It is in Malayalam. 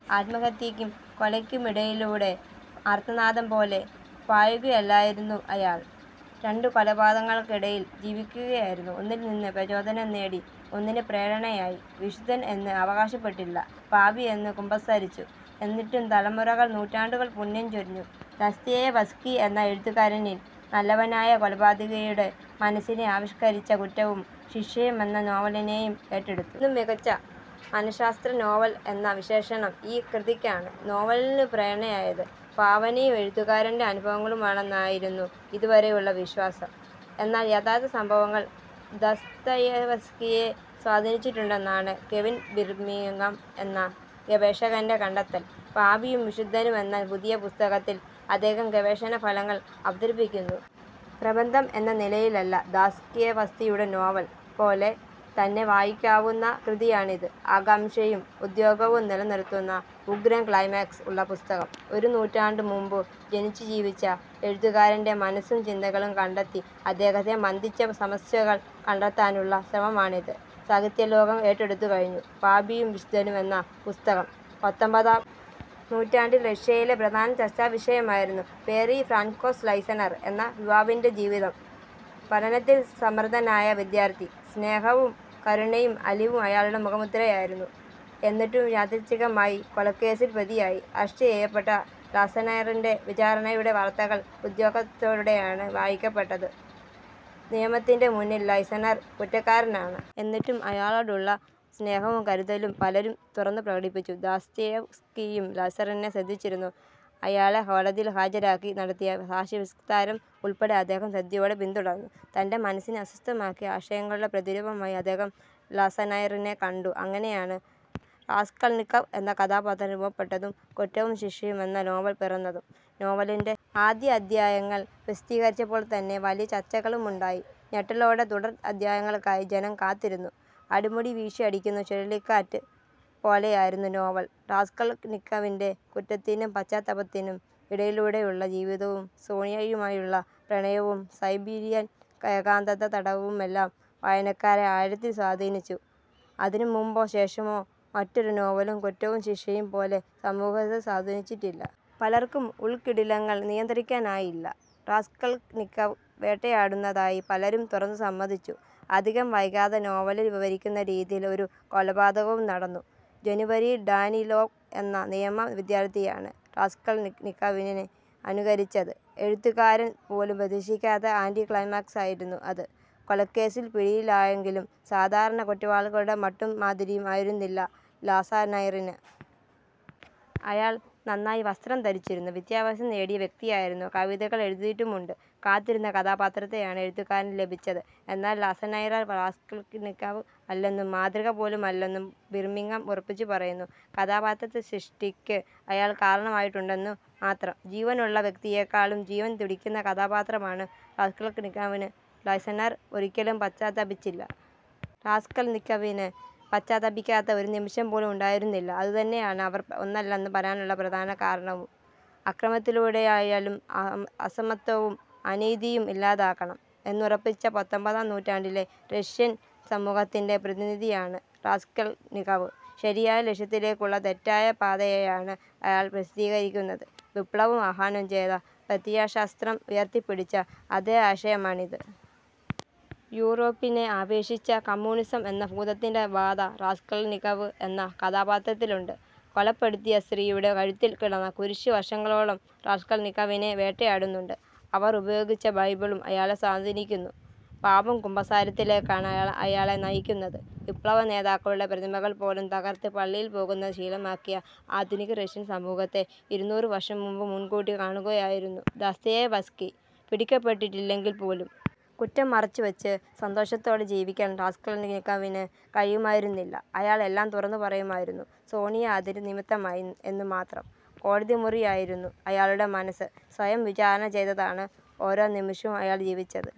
ആത്മഹത്യയ്ക്കും കൊലയ്ക്കുമിടയിലൂടെ ആർത്തനാദം പോലെ പായുകയല്ലായിരുന്നു അയാൾ. രണ്ടു കൊലപാതകങ്ങൾക്കിടയിൽ ജീവിക്കുകയായിരുന്നു. ഒന്നിൽ നിന്ന് പ്രചോദനം നേടി. ഒന്നിന് പ്രേരണയായി. വിശുദ്ധൻ എന്ന് അവകാശപ്പെട്ടില്ല. പാപി എന്ന് കുമ്പസാരിച്ചു. എന്നിട്ടും തലമുറകൾ നൂറ്റാണ്ടുകൾ പുണ്യം ചൊരിഞ്ഞു ദസ്തയേവ്സ്കി എന്ന എഴുത്തുകാരനിൽ. നല്ലവനായ കൊലപാതകിയുടെ മനസ്സിനെ ആവിഷ്കരിച്ച കുറ്റവും ശിക്ഷയും എന്ന നോവലിനെയും ഏറ്റെടുത്തു. ഇന്നും ഏറ്റവും മികച്ച മനഃശാസ്ത്ര നോവൽ എന്ന വിശേഷണം ഈ കൃതിക്കാണ്. നോവലിനു പ്രേരണയായത് ഭാവനയും എഴുത്തുകാരന്റെ അനുഭവങ്ങളുമാണെന്നായിരുന്നു ഇതുവരെയുള്ള വിശ്വാസം. എന്നാൽ യഥാർഥ സംഭവങ്ങൾ ദസ്തയേവ്സ്കിയെ സ്വാധീനിച്ചിട്ടുണ്ടെന്നാണ് കെവിൻ ബിർമിങ്ങാം എന്ന ഗവേഷകന്റെ കണ്ടെത്തൽ. പാപിയും വിശുദ്ധനും എന്ന പുതിയ പുസ്തകത്തിൽ അദ്ദേഹം ഗവേഷണ ഫലങ്ങൾ അവതരിപ്പിക്കുന്നു. പ്രബന്ധം എന്ന നിലയിലല്ല. ദസ്തയേവ്സ്കിയുടെ നോവൽ പോലെ തന്നെ വായിക്കാവുന്ന കൃതിയാണിത്. ആകാംക്ഷയും ഉദ്വേഗവും നിലനിർത്തുന്ന ഉഗ്രൻ ക്ലൈമാക്സ് ഉള്ള പുസ്തകം. രണ്ടു നൂറ്റാണ്ട് മുമ്പ് ജനിച്ചു ജീവിച്ച എഴുത്തുകാരന്റെ മനസ്സും ചിന്തകളും കണ്ടെത്തി അദ്ദേഹത്തെ മഥിച്ച സമസ്യകൾ കണ്ടെത്താനുള്ള ശ്രമമാണിത്. സാഹിത്യലോകം ഏറ്റെടുത്തുകഴിഞ്ഞു പാപിയും വിശുദ്ധനും എന്ന പുസ്തകം. പത്തൊൻപതാം നൂറ്റാണ്ടിൽ റഷ്യയിലെ പ്രധാന ചർച്ചാവിഷയമായിരുന്നു പിയറി ഫ്രാൻകോസ് ലാസനൈർ എന്ന യുവാവിന്റെ ജീവിതം. പഠനത്തിൽ സമർഥനായ വിദ്യാർഥി. സ്നേഹവും കാരുണ്യവും അലിവും അയാളുടെ മുഖമുദ്രയായിരുന്നു. എന്നിട്ടും യാദൃച്ഛികമായി കൊലക്കേസിൽ പ്രതിയായി. അറസ്റ്റ് ചെയ്യപ്പെട്ട ലാസനൈറിന്റെ വിചാരണയുടെ വാർത്തകൾ ഉദ്വേഗത്തോടെയാണ് വായിക്കപ്പെട്ടത്. നിയമത്തിന്റെ മുന്നിൽ ലാസനൈർ കുറ്റക്കാരനാണ്. എന്നിട്ടും അയാളോടുള്ള സ്നേഹവും കരുതലും പലരും തുറന്നുപ്രകടിപ്പിച്ചു. ദസ്തയേവ്സ്കിയും ലാസനൈറിനെ ശ്രദ്ധിച്ചിരുന്നു. അയാളെ കോടതിയിൽ ഹാജരാക്കി നടത്തിയ സാക്ഷിവിസ്താരം ഉൾപ്പെടെ അദ്ദേഹം ശ്രദ്ധയോടെ പിന്തുടർന്നു. തന്റെ മനസ്സിനെ അസ്വസ്ഥമാക്കിയ ആശയങ്ങളുടെ പ്രതിരൂപമായി അദ്ദേഹം ലാസനൈറിനെ കണ്ടു. അങ്ങനെയാണ് റാസ്കൾനിക്കവ് എന്ന കഥാപാത്രം രൂപപ്പെട്ടതും കുറ്റവും ശിക്ഷയും എന്ന നോവൽ പിറന്നതും. നോവലിന്റെ ആദ്യ അധ്യായങ്ങൾ പ്രസിദ്ധീകരിച്ചപ്പോൾ തന്നെ വലിയ ചർച്ചകളുമുണ്ടായി. ഞെട്ടലോടെ തുടർ അധ്യായങ്ങൾക്കായി ജനം കാത്തിരുന്നു. അടിമുടി വീശിയടിക്കുന്ന ചുഴലിക്കാറ്റ് പോലെയായിരുന്നു നോവൽ. റാസ്കൾനിക്കവിന്റെ കുറ്റത്തിനും പശ്ചാത്താപത്തിനും ഇടയിലൂടെയുള്ള ജീവിതവും സോണിയയുമായുള്ള പ്രണയവും സൈബീരിയൻ ഏകാന്തത്തടവുമെല്ലാം വായനക്കാരെ ആഴത്തിൽ സ്വാധീനിച്ചു. അതിനു മുമ്പോ ശേഷമോ മറ്റൊരു നോവലും കുറ്റവും ശിക്ഷയും പോലെ സമൂഹത്തെ സ്വാധീനിച്ചിട്ടില്ല. പലർക്കും ഉൾക്കിടിലങ്ങൾ നിയന്ത്രിക്കാനായില്ല. റാസ്കൾനിക്കവ് വേട്ടയാടുന്നതായി പലരും തുറന്നുസമ്മതിച്ചു. അധികം വൈകാതെ നോവലിൽ വിവരിക്കുന്ന രീതിയിൽ ഒരു കൊലപാതകവും നടന്നു. ജനുവരിയിൽ ഡാനിലോവ് എന്ന നിയമ വിദ്യാർഥിയാണ് റാസ്കൾനിക്കവിനെ അനുകരിച്ചത്. എഴുത്തുകാരൻ പോലും പ്രതീക്ഷിക്കാത്ത ആന്റി ക്ലൈമാക്സായിരുന്നു അത്. കൊലക്കേസിൽ പിടിയിലായെങ്കിലും സാധാരണ കുറ്റവാളികളുടെ മട്ടും മാതിരിയും ആയിരുന്നില്ല ലാസനൈറിന്. അയാൾ നന്നായി വസ്ത്രം ധരിച്ചിരുന്നു. വിദ്യാഭ്യാസം നേടിയ വ്യക്തിയായിരുന്നു. കവിതകൾ എഴുതിയിട്ടുമുണ്ട്. കാത്തിരുന്ന കഥാപാത്രത്തെയാണ് എഴുത്തുകാരന് ലഭിച്ചത്. എന്നാൽ ലാസനൈർ റാസ്കൾനിക്കവ് അല്ലെന്നും മാതൃക പോലുമല്ലെന്നും ബിർമിങ്ങാം ഉറപ്പിച്ചു പറയുന്നു. കഥാപാത്ര സൃഷ്ടിക്ക് അയാൾ കാരണമായിട്ടുണ്ടെന്നു മാത്രം. ജീവനുള്ള വ്യക്തിയേക്കാളും ജീവൻ തുടിക്കുന്ന കഥാപാത്രമാണ് റാസ്കൾനിക്കവ്. ലാസനൈർ ഒരിക്കലും പശ്ചാത്തപിച്ചില്ല. റാസ്കൾനിക്കവിന് പശ്ചാത്തപിക്കാത്ത ഒരു നിമിഷം പോലും ഉണ്ടായിരുന്നില്ല. അതുതന്നെയാണ് അവർ ഒന്നല്ലെന്ന് പറയാനുള്ള പ്രധാന കാരണവും. അക്രമത്തിലൂടെയായാലും അസമത്വവും അനീതിയും ഇല്ലാതാക്കണം എന്നുറപ്പിച്ച പത്തൊൻപതാം നൂറ്റാണ്ടിലെ റഷ്യൻ സമൂഹത്തിന്റെ പ്രതിനിധിയാണ് റാസ്കൾനിക്കവ്. ശരിയായ ലക്ഷ്യത്തിലേക്കുള്ള തെറ്റായ പാതയെയാണ് അയാൾ പ്രതിനിധീകരിക്കുന്നത്. വിപ്ലവം ആഹ്വാനം ചെയ്ത പ്രത്യയശാസ്ത്രം ഉയർത്തിപ്പിടിച്ച അതേ ആശയമാണിത്. യൂറോപ്പിനെ ആവേശിച്ച കമ്മ്യൂണിസം എന്ന ഭൂതത്തിന്റെ ബാധ റാസ്കൾനിക്കവ് എന്ന കഥാപാത്രത്തിലുണ്ട്. കൊലപ്പെടുത്തിയ സ്ത്രീയുടെ കഴുത്തിൽ കിടന്ന കുരിശ് വർഷങ്ങളോളം റാസ്കൾനിക്കവിനെ വേട്ടയാടുന്നുണ്ട്. അവർ ഉപയോഗിച്ച ബൈബിളും അയാളെ സ്വാധീനിക്കുന്നു. പാപം കുമ്പസാരത്തിലേക്കാണ് അയാളെ നയിക്കുന്നത്. വിപ്ലവനേതാക്കളുടെ പ്രതിമകൾ പോലും തകർത്ത് പള്ളിയിൽ പോകുന്നത് ശീലമാക്കിയ ആധുനിക റഷ്യൻ സമൂഹത്തെ ഇരുനൂറ് വർഷം മുമ്പേ മുൻകൂട്ടി കാണുകയായിരുന്നു ദസ്തയേവ്സ്കി. പിടിക്കപ്പെട്ടില്ലെങ്കിൽപ്പോലും കുറ്റം മറച്ചുവച്ച് സന്തോഷത്തോടെ ജീവിക്കാൻ റാസ്കൾനിക്കവിന് കഴിയുമായിരുന്നില്ല. അയാൾ എല്ലാം തുറന്നുപറയുമായിരുന്നു. സോണിയ അതിന് നിമിത്തമായി എന്നു മാത്രം. കോടതിമുറിയായിരുന്നു അയാളുടെ മനസ്സ്. സ്വയം വിചാരണ ചെയ്താണ് ഓരോ നിമിഷവും അയാൾ ജീവിച്ചത്.